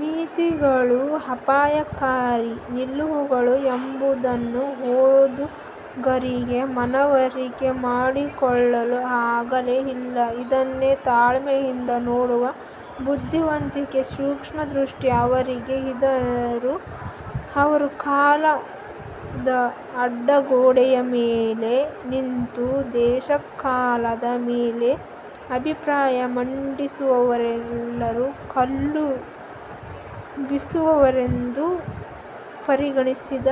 ಮಿತಿಗಳು, ಅಪಾಯಕಾರಿ ನಿಲುವುಗಳು ಏನೆಂಬುದನ್ನು ಓದುಗರಿಗೆ ಮನವರಿಕೆ ಮಾಡಿಕೊಡಲು ಆಗಲೇ ಇಲ್ಲ. ಅದನ್ನೆಲ್ಲ ತಾಳ್ಮೆಯಿಂದ ನೋಡುವ ಬುದ್ಧಿವಂತಿಕೆ, ಸೂಕ್ಷ್ಮ ದೃಷ್ಟಿ ಅವರಿಗೆ ಇದ್ದರೂ ಅವರು 'ದೇಶ ಕಾಲ'ದ ಅಡ್ಡಗೋಡೆಯ ಹಾಗೆ ನಿಂತು, ದೇಶ ಕಾಲದ ಮೇಲೆ ಅಭಿಪ್ರಾಯ ಮಂಡಿಸುವವರೆಲ್ಲರೂ ಕಲ್ಲು ಬೀಸುವವರೆಂದು ಪರಿಗಣಿಸುವ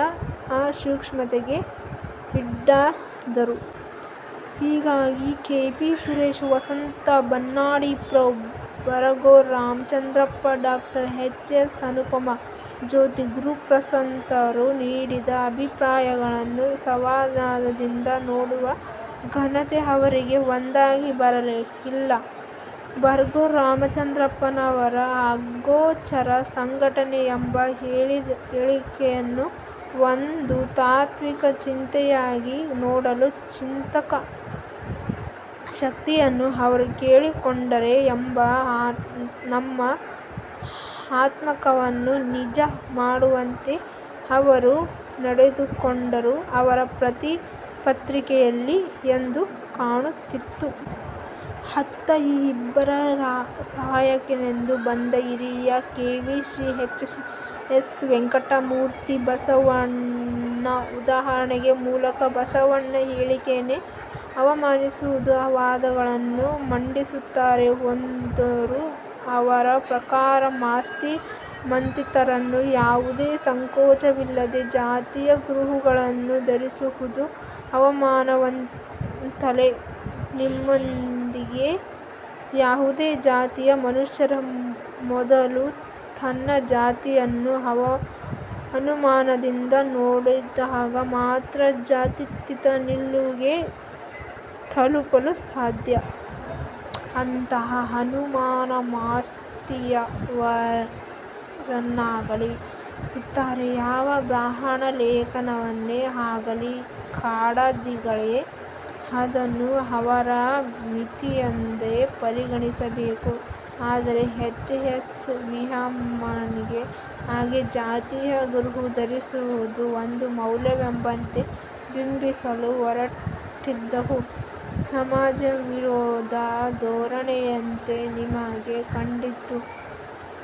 ಅಸೂಕ್ಷ್ಮತೆಗೆ ಈಡಾದರು. ಹೀಗಾಗಿ K. P. Suresha, Vasantha Bannadi, prof. Baraguru Ramachandrappa, ಡಾ. ಎಚ್. ಎಸ್. ಅನುಪಮಾ, ಜ್ಯೋತಿ ಗುರುಪ್ರಸಾದ್ರಂತಹವರು ನೀಡಿದ ಅಭಿಪ್ರಾಯಗಳನ್ನೂ ಸಾವಧಾನದಿಂದ ನೋಡುವ ಘನತೆ ಅವರಿಗೆ ಒದಗಿ ಬರಲೇ ಇಲ್ಲ. ಬರಗೂರು ರಾಮಚಂದ್ರಪ್ಪನವರ 'ಅಗೋಚರ ಸಂಘಟನೆ' ಎಂಬ ಹೇಳಿಕೆಯನ್ನು ಒಂದು ತಾತ್ವಿಕ ಚಿಂತನೆಯಾಗಿ ನೋಡುವ ಚಿಂತನ ಶಕ್ತಿಯನ್ನೂ ಅವರು ಕಳೆದುಕೊಂಡರೆ ಎಂಬ ನಮ್ಮ ಆತಂಕವನ್ನು ನಿಜ ಮಾಡುವಂತೆ ಅವರು ನಡೆದುಕೊಂಡದ್ದು ಅವರ ಪ್ರತಿ ಪ್ರತಿಕ್ರಿಯೆಯಲ್ಲಿ ಎದ್ದು ಕಾಣುತ್ತಿತ್ತು. ಅತ್ತ ಈ ಇಬ್ಬರ ಸಹಾಯಕ್ಕೆಂದು ಬಂದ ಹಿರಿಯ ಕವಿ ಶ್ರಿ ಎಚ್. ಎಸ್. ವೆಂಕಟೇಶಮೂರ್ತಿಯವರು ಬಸವಣ್ಣನ ಉದಾಹರಣೆಯ ಮೂಲಕ ಬಸವಣ್ಣನ ಹೇಳಿಕೆಯನ್ನೇ ಅವಮಾನಿಸುವ ವಾದವನ್ನು ಮಂಡಿಸುತ್ತಾ ಹೋದರು. ಅವರ ಪ್ರಕಾರ ಮಾಸ್ತಿ ಮತ್ತಿತರರು ಯಾವುದೇ ಸಂಕೋಚವಿಲ್ಲದೆ ಜಾತಿಯ ಕುರುಹುಗಳನ್ನು ಧರಿಸುವುದು ಅವಮಾನವಲ್ಲವಂತೆ. ನಮಗನ್ನಿಸುವುದು, ಯಾವುದೇ ಜಾತಿಯ ಮನುಷ್ಯ ಮೊದಲು ತನ್ನ ಜಾತಿಯನ್ನು ಅನುಮಾನದಿಂದ ನೋಡಿದಾಗ ಮಾತ್ರ ಜಾತ್ಯತೀತ ನಿಲುವಿಗೆ ತಲುಪಲು ಸಾಧ್ಯ. ಅಂತಹ ಅನುಮಾನ ಮಾಸ್ತಿಯವರನ್ನಾಗಲೀ, ಇತರೆ ಯಾವ ಬ್ರಾಹ್ಮಣ ಲೇಖಕರನ್ನೇ ಆಗಲಿ, ಕಾಡದಿದ್ದರೆ ಅದನ್ನು ಅವರ ಮಿತಿಯೆಂದು ಪರಿಗಣಿಸಬೇಕು. ಆದರೆ ಎಚ್. ಎಸ್. ವಿಯವರು ಹಾಗೆ ಜಾತಿ ಗುರುತು ಧರಿಸುವುದು ಒಂದು ಮೌಲ್ಯವೆಂಬಂತೆ ಬಿಂಬಿಸಲು ಹೊರಟಿದ್ದಂತೂ ಸಮಾಜವಿರೋಧಿ ಧೋರಣೆಯಂತೆ ನಮಗೆ ಕಂಡಿತು.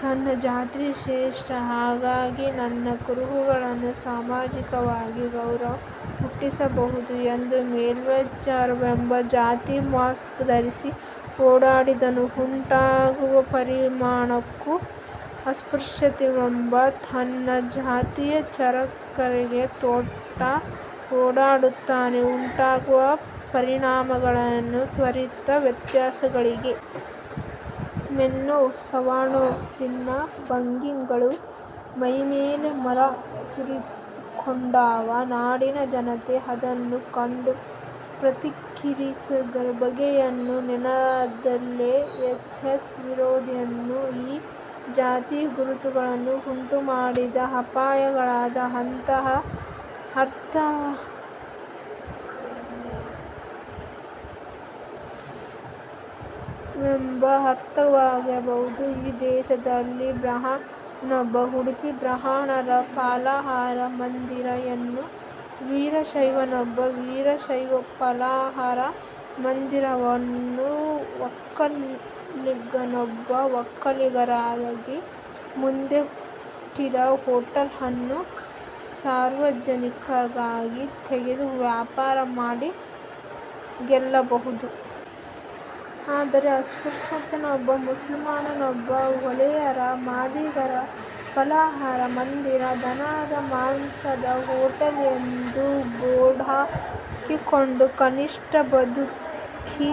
'ತನ್ನ ಜಾತಿ ಶ್ರೇಷ್ಠ, ಹಾಗಾಗಿ ನನ್ನ ಕುರುಹುಗಳು ಸಾಮಾಜಿಕವಾಗಿ ಗೌರವ ಹುಟ್ಟಿಸಬಹುದು' ಎಂದು ಮೇಲ್ಜಾತಿಯವನೊಬ್ಬ ಜಾತಿ 'ಮಾಸ್ಕ್' ಧರಿಸಿ ಓಡಾಡಿದಾಗ ಉಂಟಾಗುವ ಪರಿಣಾಮಕ್ಕೂ ಅಸ್ಪೃಶ್ಯನೊಬ್ಬ ತನ್ನ ಜಾತಿಯ ಚಹರೆಗಳನ್ನು ತೊಟ್ಟು ಓಡಾಡಿದಾಗ ಉಂಟಾಗುವ ಪರಿಣಾಮಕ್ಕೂ ತದ್ವಿರುದ್ಧ ವ್ಯತ್ಯಾಸಗಳಿವೆ. ಮೊನ್ನೆ ಸವಣೂರಿನ ಭಂಗಿಗಳು ಮೈಮೇಲೆ ಮಲ ಸುರಿದುಕೊಂಡಾಗ ನಾಡಿನ ಜನತೆ ಅದನ್ನು ಕಂಡು ಪ್ರತಿಕ್ರಿಯಿಸಿದ ಬಗೆಗಳನ್ನು ನೆನೆದರೆ ಎಚ್. ಎಸ್. ವಿಯವರಿಗೆ ಈ ಜಾತಿ ಗುರುತುಗಳು ಉಂಟು ಮಾಡುವ ಅಪಾಯಗಳು ಎಂತಹವೆಂದು ಅರ್ಥವಾಗಬಹುದು. ಈ ದೇಶದಲ್ಲಿ ಬ್ರಾಹ್ಮಣನೊಬ್ಬ 'ಉಡುಪಿ ಬ್ರಾಹ್ಮಣರ ಫಲಾಹಾರ ಮಂದಿರ'ವನ್ನೂ, ವೀರಶೈವನೊಬ್ಬ 'ವೀರಶೈವ ಫಲಾಹಾರ ಮಂದಿರ'ವನ್ನೂ, ಒಕ್ಕಲಿಗನೊಬ್ಬ 'ಒಕ್ಕಲಿಗರ ರಾಗಿ ಮುದ್ದೆ ಊಟದ ಹೋಟೆಲ್' ಅನ್ನೂ ಸಾರ್ವಜನಿಕವಾಗಿ ತೆರೆದು ವ್ಯಾಪಾರ ಮಾಡಿ ಗೆಲ್ಲಬಹುದು. ಆದರೆ ಅಸ್ಪೃಶ್ಯನೊಬ್ಬ, ಮುಸಲ್ಮಾನನೊಬ್ಬ 'ಹೊಲೆಯರ-ಮಾದಿಗರ ಫಲಾಹಾರ ಮಂದಿರ', 'ದನದ ಮಾಂಸದ ಹೋಟೆಲ್' ಎಂದು ಬೋರ್ಡು ಹಾಕಿಕೊಂಡು ಕನಿಷ್ಟ ಬದುಕಿ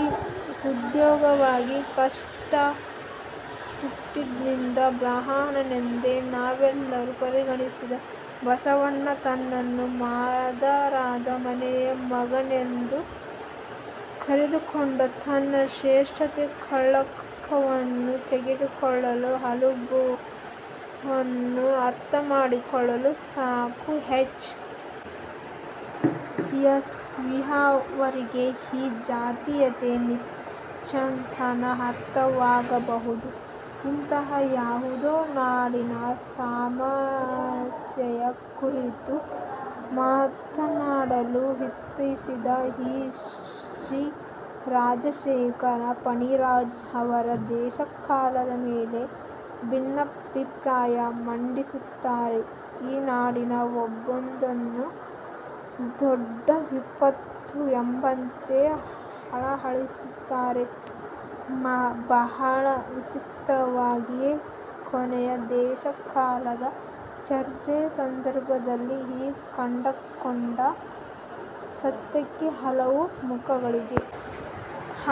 ಉಳಿಯುವುದೂ ಕಷ್ಟ. ಹುಟ್ಟಿನಿಂದ ಬ್ರಾಹ್ಮಣನೆಂದು ನಾವೆಲ್ಲರೂ ಪರಿಗಣಿಸಿರುವ ಬಸವಣ್ಣ ತನ್ನನ್ನು ಮಾದಾರರ ಮನೆಯ ಮಗನೆಂದು ಕರೆದುಕೊಂಡು ತನ್ನ 'ಶ್ರೇಷ್ಠತೆಯ ಕಳಂಕ'ವನ್ನು ಕಳೆದುಕೊಳ್ಳಲು ಹಲುಬುವುದನ್ನು ಅರ್ಥಮಾಡಿಕೊಂಡಿದ್ದರೆ ಸಾಕು; ಎಚ್. ಎಸ್. ವಿಯವರಿಗೆ ಈ ಜಾತೀಯತೆಯ ನೀಚತನ ಅರ್ಥವಾಗಬಹುದು. ಇಂತಹ ಯಾವೊಂದು ನಾಡಿನ ಸಮಸ್ಯೆಯ ಕುರಿತೂ ಮಾತನಾಡಲು ಇಚ್ಛಿಸದ ಶ್ರೀ ರಾಜಶೇಖರ್-ಫಣಿರಾಜ್ ಅವರು 'ದೇಶ ಕಾಲ'ದ ಮೇಲೆ ಭಿನ್ನಾಭಿಪ್ರಾಯ ಮಂಡಿಸುತ್ತಿರುವುದೇ ಈ ನಾಡಿಗೆ ಬಂದೊದಗಿರುವ ದೊಡ್ಡ ವಿಪತ್ತು ಎಂಬಂತೆ ಹಳಹಳಿಸುತ್ತಿರುವುದು ಬಹಳ ವಿಚಿತ್ರವಾಗಿದೆ. ಕೊನೆಗೆ 'ದೇಶ ಕಾಲ'ದ ಚರ್ಚೆಯ ಸಂದರ್ಭದಲ್ಲಿ ನಾವು ಕಂಡುಕೊಂಡ ಸತ್ಯಕ್ಕೆ ಹಲವು ಮುಖಗಳಿವೆ.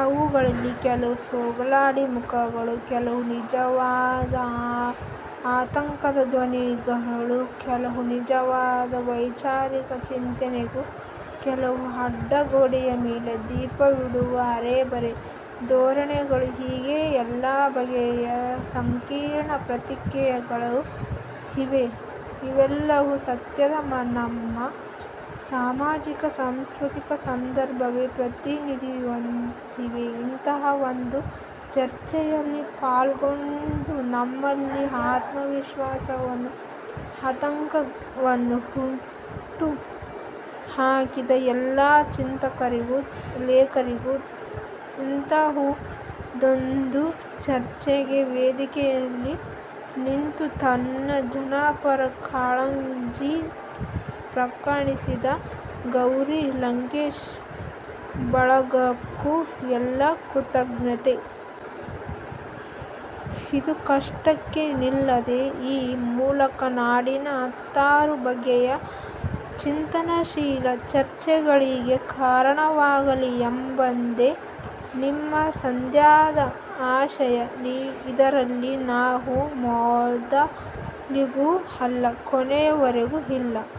ಅವುಗಳಲ್ಲಿ ಕೆಲವು ಸೋಗಲಾಡಿ ಮುಖಗಳೂ, ಕೆಲವು ನಿಜವಾದ ಆತಂಕದ ಧ್ವನಿಗಳೂ, ಕೆಲವು ನಿಜವಾದ ವೈಚಾರಿಕ ಚಿಂತನೆಗಳೂ, ಕೆಲವು ಅಡ್ಡಗೋಡೆಯ ಮೇಲೆ ದೀಪವಿಡುವ ಅರೆಬರೆ ಧೋರಣೆಗಳೂ ಹೀಗೆ ಎಲ್ಲ ಬಗೆಯ ಸಂಕೀರ್ಣ ಪ್ರತಿಕ್ರಿಯೆಗಳೂ ಇವೆ. ಇವೆಲ್ಲವೂ ಸದ್ಯದ ನಮ್ಮ ಸಾಮಾಜಿಕ ಸಾಂಸ್ಕೃತಿಕ ಸಂದರ್ಭವನ್ನೇ ಪ್ರತಿನಿಧಿಸುವಂತಿವೆ. ಇಂತಹ ಒಂದು ಚರ್ಚೆಯಲ್ಲಿ ಪಾಲ್ಗೊಂಡು ನಮ್ಮಲ್ಲಿ ಆತ್ಮವಿಶ್ವಾಸವನ್ನೂ ಆತಂಕವನ್ನೂ ಹುಟ್ಟು ಹಾಕಿದ ಎಲ್ಲಾ ಚಿಂತಕರಿಗೂ, ಲೇಖಕರಿಗೂ, ಇಂತಹುದೊಂದು ಚರ್ಚೆಗೆ ವೇದಿಕೆಯಾಗಿ ನಿಂತು ತನ್ನ ಜನಪರ ಕಾಳಜಿ ಪ್ರಕಟಿಸಿದ 'ಗೌರಿ ಲಂಕೇಶ್' ಬಳಗಕ್ಕೂ ನಾವು ಕೃತಜ್ಞರಾಗಿದ್ದೇವೆ. ಇದು ಇಷ್ಟಕ್ಕೇ ನಿಲ್ಲದೆ; ಈ ಮೂಲಕ ನಾಡಿನ ಹತ್ತಾರು ಬಗೆಯ ಚಿಂತನಶೀಲ ಚರ್ಚೆಗಳಿಗೆ ಕಾರಣವಾಗಲಿ ಎಂಬುದೇ ನಮ್ಮ ಸದ್ಯದ ಆಶಯ. ಇದರಲ್ಲಿ ನಾವು ಮೊದಲಿಗರೂ ಅಲ್ಲ, ಕೊನೆಯವರೂ ಅಲ್ಲ.